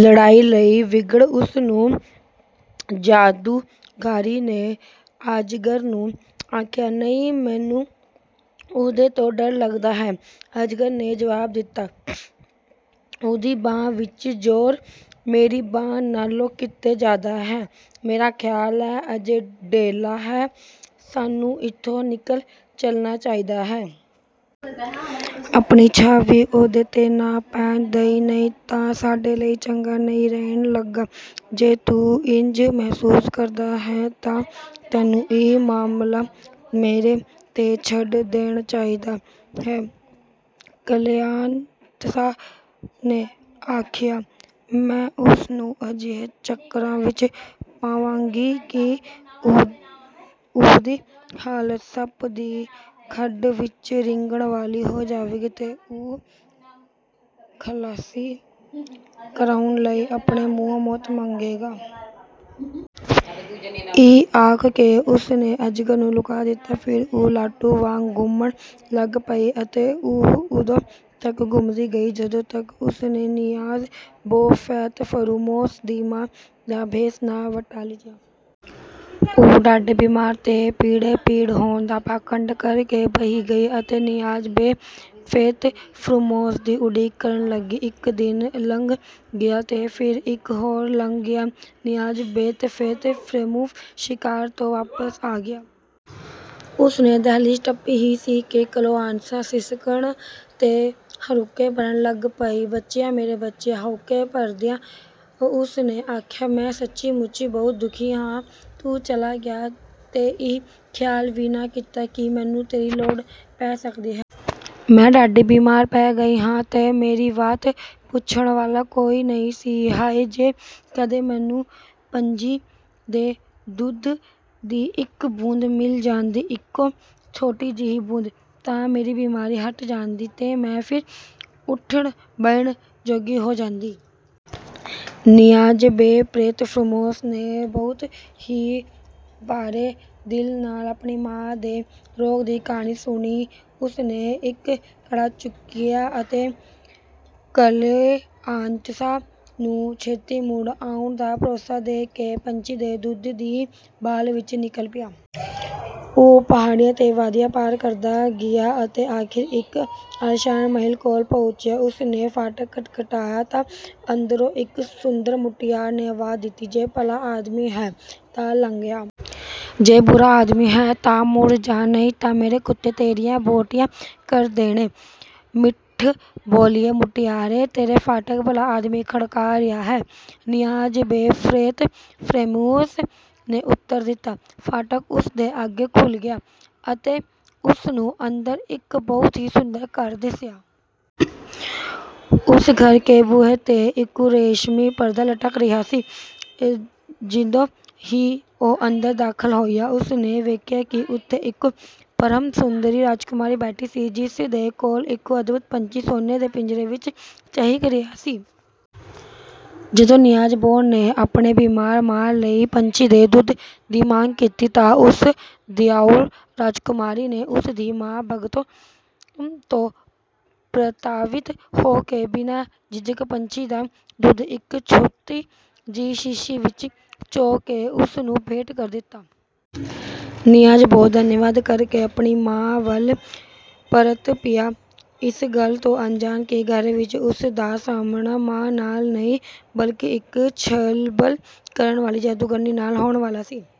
"ਲੜਾਈ ਲਈ ਵਿਗੜ ਉਸ ਨੂੰ!" ਜਾਦੂਕਾਰੀ ਨੇ ਅਜਗਰ ਨੂੰ ਆਖਿਆ। "ਨਹੀਂ, ਮੈਨੂੰ ਉਹਦੇ ਤੋਂ ਡਰ ਲੱਗਦਾ ਹੈ," ਅਜਗਰ ਨੇ ਜਵਾਬ ਦਿੱਤਾ, "ਉਹਦੀ ਬਾਂਹ ਵਿੱਚ ਜ਼ੋਰ ਮੇਰੀ ਬਾਂਹ ਨਾਲੋਂ ਕਿਤੇ ਜ਼ਿਆਦਾ ਹੈ। ਮੇਰਾ ਖ਼ਿਆਲ ਹੈ, ਅਜੇ ਵੇਲਾ ਹੈ, ਸਾਨੂੰ ਇੱਥੋਂ ਨਿਕਲ ਚੱਲਣਾ ਚਾਹੀਦਾ ਹੈ। ਆਪਣੀ ਛਾਂ ਵੀ ਉਹਦੇ 'ਤੇ ਨਾ ਪੈਣ ਦਈਏ, ਨਹੀਂ ਤਾਂ ਸਾਡੇ ਲਈ ਚੰਗਾ ਨਹੀਂ ਰਹਿਣ ਲੱਗਾ।" "ਜੇ ਤੂੰ ਇੰਜ ਮਹਿਸੂਸ ਕਰਦਾ ਹੈਂ, ਤਾਂ ਤੈਨੂੰ ਇਹ ਮਾਮਲਾ ਮੇਰੇ 'ਤੇ ਛੱਡ ਦੇਣ ਚਾਹੀਦਾ ਹੈ," ਕਲਿਆਨ ਨੇ ਆਖਿਆ, "ਮੈਂ ਉਸ ਨੂੰ ਅਜਿਹੇ ਚੱਕਰਾਂ ਵਿੱਚ ਪਾਵਾਂਗੀ ਕਿ ਉਹਦੀ ਹਾਲਤ ਸੱਪ ਦੀ ਖੱਡ ਵਿੱਚ ਰੀਂਗਣ ਵਾਲੀ ਹੋ ਜਾਏਗੀ, ਤੇ ਉਹ ਖ਼ਲਾਸੀ ਕਰਾਉਣ ਲਈ ਆਪਣੇ ਮੂੰਹੋਂ ਮੌਤ ਮੰਗੇਗਾ!" ਇਹ ਆਖ ਕੇ ਉਸ ਨੇ ਅਜਗਰ ਨੂੰ ਲੁਕਾ ਦਿੱਤਾ। ਫਿਰ ਉਹ ਲਾਟੂ ਵਾਂਗ ਘੁੰਮਣ ਲੱਗ ਪਈ ਅਤੇ ਉਦੋਂ ਤੱਕ ਘੁੰਮਦੀ ਗਈ, ਜਦੋਂ ਤੱਕ ਉਸ ਨੇ ਨਿਆਜ਼-ਬੋ ਫ਼ੇਤ-ਫ਼ਰੂਮੋਸ ਦੀ ਮਾਂ ਦਾ ਭੇਸ ਨਾ ਵਟਾ ਲਿਆ। ਉਹ ਡਾਢੀ ਬੀਮਾਰ ਤੇ ਪੀੜੋ-ਪੀੜ ਹੋਣ ਦਾ ਪਾਖੰਡ ਕਰ ਕੇ ਬਹਿ ਗਈ ਅਤੇ ਨਿਆਜ਼-ਬੇ ਫ਼ੇਤ-ਫ਼ਰੂਮੋਸ ਦੀ ਉਡੀਕ ਕਰਨ ਲੱਗੀ। ਇੱਕ ਦਿਨ ਲੰਘ ਗਿਆ ਤੇ ਫਿਰ ਇੱਕ ਹੋਰ ਲੰਘ ਗਿਆ। ਨਿਆਜ਼-ਬੋ ਫ਼ੇਤ-ਫ਼ਰੂਮੋਸ ਸ਼ਿਕਾਰ ਤੋਂ ਵਾਪਸ ਆ ਗਿਆ। ਉਸ ਨੇ ਦਹਿਲੀਜ਼ ਟੱਪੀ ਹੀ ਸੀ ਕਿ ਕਲੋਆਂਤਸਾ ਸਿਸਕਣ ਤੇ ਹਉਕੇ ਭਰਨ ਲੱਗ ਪਏ। "ਬੱਚੜਿਆ, ਮੇਰੇ ਬੱਚੜਿਆ!" ਹਉਕੇ ਭਰਦਿਆਂ ਉਸ ਨੇ ਆਖਿਆ, "ਮੈਂ ਸੱਚੀ-ਮੁੱਚੀ ਬਹੁਤ ਦੁਖੀ ਹਾਂ। ਤੂੰ ਚਲਾ ਗਿਆ ਤੇ ਇਹ ਖ਼ਿਆਲ ਵੀ ਨਾ ਕੀਤਾ ਕਿ ਮੈਨੂੰ ਤੇਰੀ ਲੋੜ ਪੈ ਸਕਦੀ ਹੈ। ਮੈਂ ਡਾਢੀ ਬੀਮਾਰ ਪੈ ਗਈ ਹਾਂ ਤੇ ਮੇਰੀ ਵਾਤ ਪੁੱਛਣ ਵਾਲਾ ਕੋਈ ਨਹੀਂ ਸੀ। ਹਾਇ! ਜੇ ਕਦੇ ਮੈਨੂੰ ਪੰਛੀ ਦੇ ਦੁੱਧ ਦੀ ਇੱਕ ਬੂੰਦ ਮਿਲ ਜਾਂਦੀ, ਇੱਕੋ ਛੋਟੀ ਜਿਹੀ ਬੂੰਦ... ਤਾਂ ਮੇਰੀ ਬੀਮਾਰੀ ਹਟ ਜਾਂਦੀ ਤੇ ਮੈਂ ਫਿਰ ਉੱਠਣ-ਬਹਿਣ ਜੋਗੀ ਹੋ ਜਾਂਦੀ।" ਨਿਆਜ਼-ਬੇ ਫ਼ੇਤ-ਫ਼ਰੂਮੋਸ ਨੇ ਬਹੁਤ ਹੀ ਭਾਰੇ ਦਿਲ ਨਾਲ ਆਪਣੀ ਮਾਂ ਦੇ ਰੋਗ ਦੀ ਕਹਾਣੀ ਸੁਣੀ। ਉਸ ਨੇ ਇੱਕ ਘੜਾ ਚੁੱਕਿਆ ਅਤੇ ਕਲੋਆਂਤਸਾ ਨੂੰ ਛੇਤੀ ਮੁੜ ਆਉਣ ਦਾ ਭਰੋਸਾ ਦੇ ਕੇ ਪੰਛੀ ਦੇ ਦੁੱਧ ਦੀ ਭਾਲ ਵਿੱਚ ਨਿਕਲ ਪਿਆ। ਉਹ ਪਹਾੜੀਆਂ ਤੇ ਵਾਦੀਆਂ ਪਾਰ ਕਰਦਾ ਗਿਆ ਅਤੇ ਅਖ਼ੀਰ ਇੱਕ ਆਲੀਸ਼ਾਨ ਮਹਿਲ ਕੋਲ ਪਹੁੰਚਿਆ। ਉਸ ਨੇ ਫਾਟਕ ਖੜਕਾਇਆ, ਤਾਂ ਅੰਦਰੋਂ ਇੱਕ ਸੁੰਦਰ ਮੁਟਿਆਰ ਨੇ ਆਵਾਜ਼ ਦਿੱਤੀ: "ਜੇ ਭਲਾ ਆਦਮੀ ਹੈਂ, ਤਾਂ ਲੰਘ ਆ। ਜੇ ਬੁਰਾ ਆਦਮੀ ਹੈਂ, ਤਾਂ ਮੁੜ ਜਾ, ਨਹੀਂ ਤਾਂ ਮੇਰੇ ਕੁੱਤੇ ਤੇਰੀਆਂ ਬੋਟੀਆਂ ਕਰ ਦੇਣਗੇ!" "ਮਿੱਠ-ਬੋਲੀਏ ਮੁਟਿਆਰੇ, ਤੇਰਾ ਫਾਟਕ ਭਲਾ ਆਦਮੀ ਖੜਕਾ ਰਿਹਾ ਹੈ," ਨਿਆਜ਼-ਬੇ ਫ਼ੇਤ-ਫ਼ਰੂਮੋਸ ਨੇ ਉੱਤਰ ਦਿੱਤਾ। ਫਾਟਕ ਉਸ ਦੇ ਅੱਗੇ ਖੁੱਲ੍ਹ ਗਿਆ ਅਤੇ ਉਸ ਨੂੰ ਅੰਦਰ ਇੱਕ ਬਹੁਤ ਹੀ ਸੁੰਦਰ ਘਰ ਦਿਸਿਆ। ਉਸ ਘਰ ਕੇ ਬੂਹੇ 'ਤੇ ਇੱਕ ਰੇਸ਼ਮੀ ਪਰਦਾ ਲਟਕ ਰਿਹਾ ਸੀ। ਜਿਵੇਂ ਹੀ ਉਹ ਅੰਦਰ ਦਾਖ਼ਲ ਹੋਇਆ, ਉਸ ਨੇ ਵੇਖਿਆ ਕਿ ਉੱਥੇ ਇੱਕ ਪਰਮ-ਸੁੰਦਰ ਰਾਜਕੁਮਾਰੀ ਬੈਠੀ ਸੀ, ਜਿਸ ਦੇ ਕੋਲ ਇੱਕ ਅਦਭੁਤ ਪੰਛੀ ਸੋਨੇ ਦੇ ਪਿੰਜਰੇ ਵਿੱਚ ਚਹਿਕ ਰਿਹਾ ਸੀ। ਜਦੋਂ ਨਿਆਜ਼-ਬੋ ਨੇ ਆਪਣੀ ਬੀਮਾਰ ਮਾਂ ਲਈ ਪੰਛੀ ਦੇ ਦੁੱਧ ਦੀ ਮੰਗ ਕੀਤੀ, ਤਾਂ ਉਸ ਦਿਆਊਲ ਰਾਜਕੁਮਾਰੀ ਨੇ ਉਸ ਦੀ ਮਾਂ ਭਗਤੋ ਤੋਂ ਪ੍ਰਤਾਵਿਤ ਹੋ ਕੇ ਬਿਨਾਂ ਝਿਜਕ ਪੰਛੀ ਦਾ ਦੁੱਧ ਇੱਕ ਛੋਟੀ ਜਿਹੀ ਸੀਸ਼ੀ ਵਿੱਚ ਚੋ ਕੇ ਉਸ ਨੂੰ ਭੇਂਟ ਕਰ ਦਿੱਤਾ। ਨਿਆਜ਼-ਬੋ ਧੰਨਵਾਦ ਕਰ ਕੇ ਆਪਣੀ ਮਾਂ ਵੱਲ ਪਰਤ ਪਿਆ, ਇਸ ਗੱਲ ਤੋਂ ਅਣਜਾਣ ਕਿ ਘਰ ਵਿੱਚ ਉਸ ਦਾ ਸਾਹਮਣਾ ਮਾਂ ਨਾਲ ਨਹੀਂ, ਬਲਕਿ ਇੱਕ ਛੱਲਬਲ ਕਰਨ ਵਾਲੀ ਜਾਦੂਗਰਨੀ ਨਾਲ ਹੋਣ ਵਾਲਾ ਸੀ।